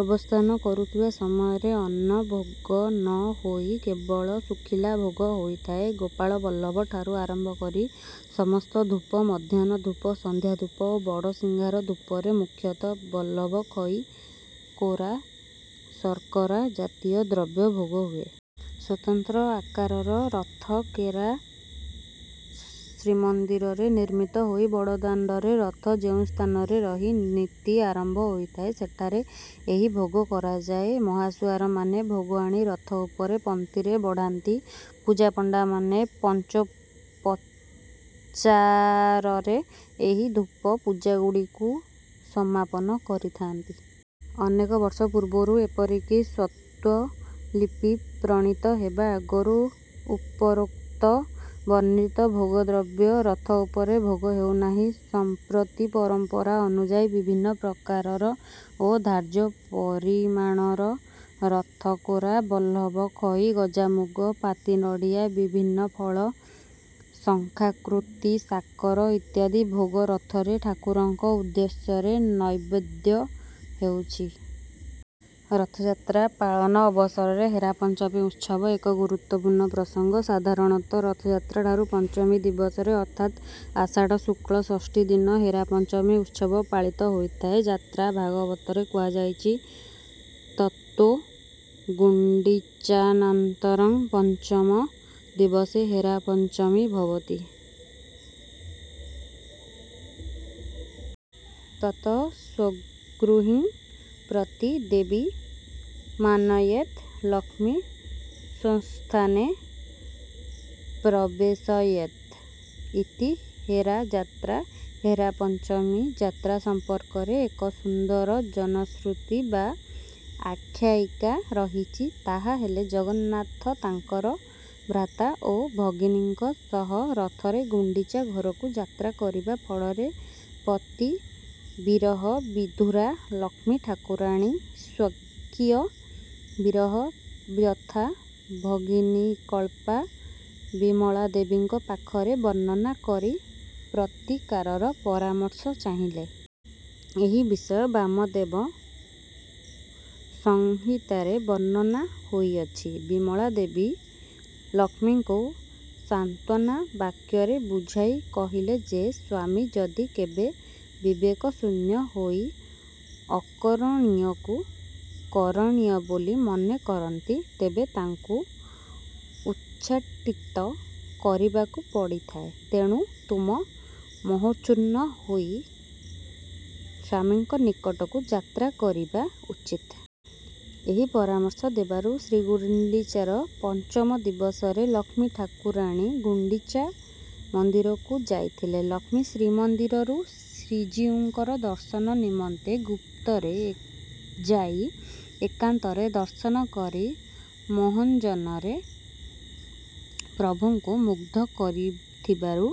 ଅବସ୍ଥାନ କରୁଥିବା ସମୟରେ ଅନ୍ନ ଭୋଗ ନ ହୋଇ କେବଳ ଶୁଖିଲା ଭୋଗ ହୋଇଥାଏ। ଗୋପାଳବଲ୍ଲଭ ଠାରୁ ଆରମ୍ଭ କରି ସମସ୍ତ ଧୂପ, ମଧ୍ୟାହ୍ନ ଧୂପ, ସନ୍ଧ୍ୟା ଧୂପ ଓ ବଡ଼ ସିଂହାର ଧୂପରେ ମୁଖ୍ୟତଃ ବଲ୍ଲଭ ଖଇ, କୋରା, ଶର୍କରା ଜାତୀୟ ଦ୍ରବ୍ୟ ଭୋଗ ହୁଏ। ସ୍ୱତନ୍ତ୍ର ଆକାରର ରଥ କେରା ଶ୍ରୀମନ୍ଦିରରେ ନିର୍ମିତ ହୋଇ ବଡ଼ଦାଣ୍ଡରେ ରଥ ଯେଉଁ ସ୍ଥାନରେ ରହି ନୀତି ଆରମ୍ଭ ହୋଇଥାଏ, ସେଠାରେ ଏହି ଭୋଗ କରାଯାଏ। ମହାସୁଆରମାନେ ଭୋଗ ଆଣି ରଥ ଉପରେ ପନ୍ତିରେ ବଢାନ୍ତି। ପୂଜାପଣ୍ଡାମାନେ ପଞ୍ଚୋପଚାରରେ ଏହି ଧୂପ ପୂଜାଗୁଡ଼ିକୁ ସମାପନ କରିଥାନ୍ତି। ଅନେକ ବର୍ଷ ପୂର୍ବରୁ ଏପରିକି ସ୍ୱତ୍ତ୍ୱଲିପି ପ୍ରଣୀତ ହେବା ଆଗରୁ ଉପରୋକ୍ତ ବର୍ଣ୍ଣିତ ଭୋଗ ଦ୍ରବ୍ୟ ରଥ ଉପରେ ଭୋଗ ହେଉନାହିଁ। ସମ୍ପ୍ରତି ପରମ୍ପରା ଅନୁଯାୟୀ ବିଭିନ୍ନ ପ୍ରକାରର ଓ ଧାର୍ଯ୍ୟ ପରିମାଣର ରଥ କୋରା, ବଲ୍ଲଭ ଖଇ, ଗଜାମୁଗ, ପାତି ନଡ଼ିଆ, ବିଭିନ୍ନ ଫଳ, ଶଙ୍ଖାକୃତି ଶାକର ଇତ୍ୟାଦି ଭୋଗ ରଥରେ ଠାକୁରଙ୍କ ଉଦ୍ଦେଶ୍ୟରେ ନୈବେଦ୍ୟ ହେଉଛି। ରଥଯାତ୍ରା ପାଳନ ଅବସରରେ ହେରା ପଞ୍ଚମୀ ଉତ୍ସବ ଏକ ଗୁରୁତ୍ୱପୂର୍ଣ୍ଣ ପ୍ରସଙ୍ଗ। ସାଧାରଣତଃ ରଥଯାତ୍ରା ଠାରୁ ପଞ୍ଚମୀ ଦିବସରେ ଅର୍ଥାତ ଆଷାଢ଼ ଶୁକ୍ଳ ଷଷ୍ଠୀ ଦିନ ହେରା ପଞ୍ଚମୀ ଉତ୍ସବ ପାଳିତ ହୋଇଥାଏ। ଯାତ୍ରା ଭାଗବତରେ କୁହାଯାଇଛି ତତୋ ଗୁଣ୍ଡିଚାନନ୍ତରଂ ପଞ୍ଚମ ଦିବସେ ହେରା ପଞ୍ଚମୀ ଭବତି। ତତଃ ସ୍ୱଗୃହଂ ପ୍ରତି ଦେବୀ ମାନୟେତ୍। ଲକ୍ଷ୍ମୀ ସ୍ୱସ୍ଥାନେ ପ୍ରବେଶୟେତ୍। ଇତି ହେରା ଯାତ୍ରା। ହେରା ପଞ୍ଚମୀ ଯାତ୍ରା ସମ୍ପର୍କରେ ଏକ ସୁନ୍ଦର ଜନଶୃତି ବା ଆଖ୍ୟାୟିକା ରହିଛି। ତାହା ହେଲେ, ଜଗନ୍ନାଥ ତାଙ୍କର ଭ୍ରାତା ଓ ଭଗିନୀଙ୍କ ସହ ରଥରେ ଗୁଣ୍ଡିଚା ଘରକୁ ଯାତ୍ରା କରିବା ଫଳରେ ପତି ବିରହ ବିଧୁରା ଲକ୍ଷ୍ମୀ ଠାକୁରାଣୀ ସ୍ୱକୀୟ ବିରହ ବ୍ୟଥା ଭଗିନୀକଳ୍ପା ବିମଳାଦେବୀଙ୍କ ପାଖରେ ବର୍ଣ୍ଣନା କରି ପ୍ରତିକାରର ପରାମର୍ଶ ଚାହିଁଥିଲେ। ଏହି ବିଷୟ ବାମଦେବ ସଂହିତାରେ ବର୍ଣ୍ଣନା ହୋଇଅଛି। ବିମଳାଦେବୀ ଲକ୍ଷ୍ମୀଙ୍କୁ ସାନ୍ତ୍ୱନା ବାକ୍ୟରେ ବୁଝାଇ କହିଲେ ଯେ, ସ୍ୱାମୀ ଯଦି କେବେ ବିବେକ ଶୂନ୍ୟ ହୋଇ ଅକରଣୀୟକୁ କରଣୀୟ ବୋଲି ମନେ କରନ୍ତି, ତେବେ ତାଙ୍କୁ ଉଚ୍ଚାଟିତ କରିବାକୁ ପଡ଼ିଥାଏ। ତେଣୁ ତୁମ ମୋହଚୂର୍ଣ୍ଣ ହୋଇ ସ୍ୱାମୀଙ୍କ ନିକଟକୁ ଯାତ୍ରା କରିବା ଉଚିତ୍। ଏହି ପରାମର୍ଶ ଦେବାରୁ ଶ୍ରୀଗୁଣ୍ଡିଚାର ପଞ୍ଚମ ଦିବସରେ ଲକ୍ଷ୍ମୀ ଠାକୁରାଣୀ ଗୁଣ୍ଡିଚା ମନ୍ଦିରକୁ ଯାଇଥିଲେ। ଲକ୍ଷ୍ମୀ ଶ୍ରୀମନ୍ଦିରରୁ ଶ୍ରୀଜୀଉଙ୍କର ଦର୍ଶନ ନିମନ୍ତେ ଗୁପ୍ତରେ ଯାଇ ଏକାନ୍ତରେ ଦର୍ଶନ କରି ମୋହାଞ୍ଜନରେ ପ୍ରଭୁଙ୍କୁ ମୁଗ୍ଧ କରିଥିବାରୁ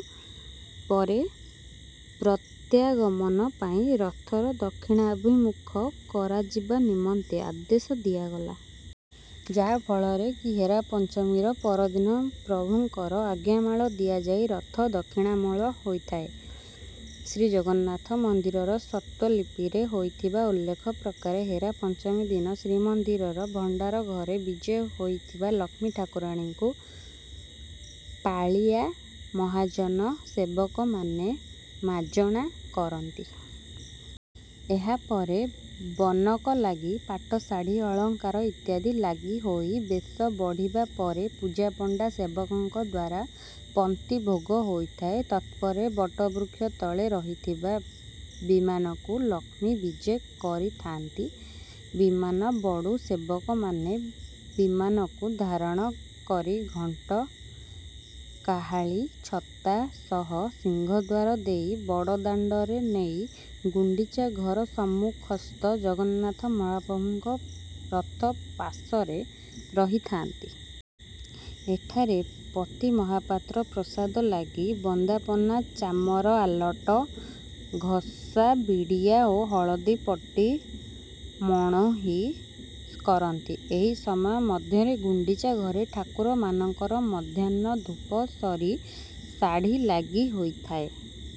ପରେ ପ୍ରତ୍ୟାଗମନ ପାଇଁ ରଥ ଦକ୍ଷିଣାଭିମୁଖ କରାଯିବା ନିମନ୍ତେ ଆଦେଶ ଦିଆଗଲା। ଯାହା ଫଳରେ କି ହେରା ପଞ୍ଚମୀର ପରଦିନ ପ୍ରଭୁଙ୍କର ଆଜ୍ଞାମାଳ ଦିଆଯାଇ ରଥ ଦକ୍ଷିଣାମୋଡ଼ ହୋଇଥାଏ। ଶ୍ରୀଜଗନ୍ନାଥ ମନ୍ଦିରର ସ୍ୱତ୍ତ୍ୱଲିପିରେ ହୋଇଥିବା ଉଲ୍ଲେଖ ପ୍ରକାରେ ହେରା ପଞ୍ଚମୀ ଦିନ ଶ୍ରୀମନ୍ଦିରର ଭଣ୍ଡାର ଘରେ ବିଜେ ହୋଇଥିବା ଲକ୍ଷ୍ମୀ ଠାକୁରାଣୀଙ୍କୁ ପାଳିଆ ମହାଜନ ସେବକମାନେ ମାଜଣା କରନ୍ତି। ଏହା ପରେ ବନକ ଲାଗି, ପାଟ ଶାଢ଼ୀ, ଅଳଙ୍କାର ଇତ୍ୟାଦି ଲାଗି ହୋଇ ବେଶ ବଢ଼ିବା ପରେ ପୂଜାପଣ୍ଡା ସେବକଙ୍କ ଦ୍ୱାରା ପନ୍ତି ଭୋଗ ହୋଇଥାଏ। ତତ୍ପରେ ବଟବୃକ୍ଷ ତଳେ ରହିଥିବା ବିମାନକୁ ଲକ୍ଷ୍ମୀ ବିଜେ କରିଥାନ୍ତି। ବିମାନବଡ଼ୁ ସେବକମାନେ ବିମାନକୁ ଧାରଣ କରି ଘଣ୍ଟ, କାହାଳୀ, ଛତା ସହ ସିଂହଦ୍ୱାର ଦେଇ ବଡ଼ଦାଣ୍ଡରେ ନେଇ ଗୁଣ୍ଡିଚା ଘର ସମ୍ମୁଖସ୍ଥ ଜଗନ୍ନାଥ ମହାପ୍ରଭୁଙ୍କ ରଥ ପାଶରେ ରହିଥାନ୍ତି। ଏଠାରେ ପତିମହାପାତ୍ର ପ୍ରସାଦ ଲାଗି, ବନ୍ଦାପନା, ଚାମର ଆଲଟ, ଘସା ବିଡ଼ିଆ ଓ ହଳଦୀ ପଟି ମଣୋହି କରନ୍ତି। ଏ ସମୟ ମଧ୍ୟରେ ଗୁଣ୍ଡିଚା ଘରେ ଠାକୁରମାନଙ୍କର ମଧ୍ୟାହ୍ନ ଧୂପ ସରି ଶାଢ଼ୀ ଲାଗି ହୋଇଥାଏ।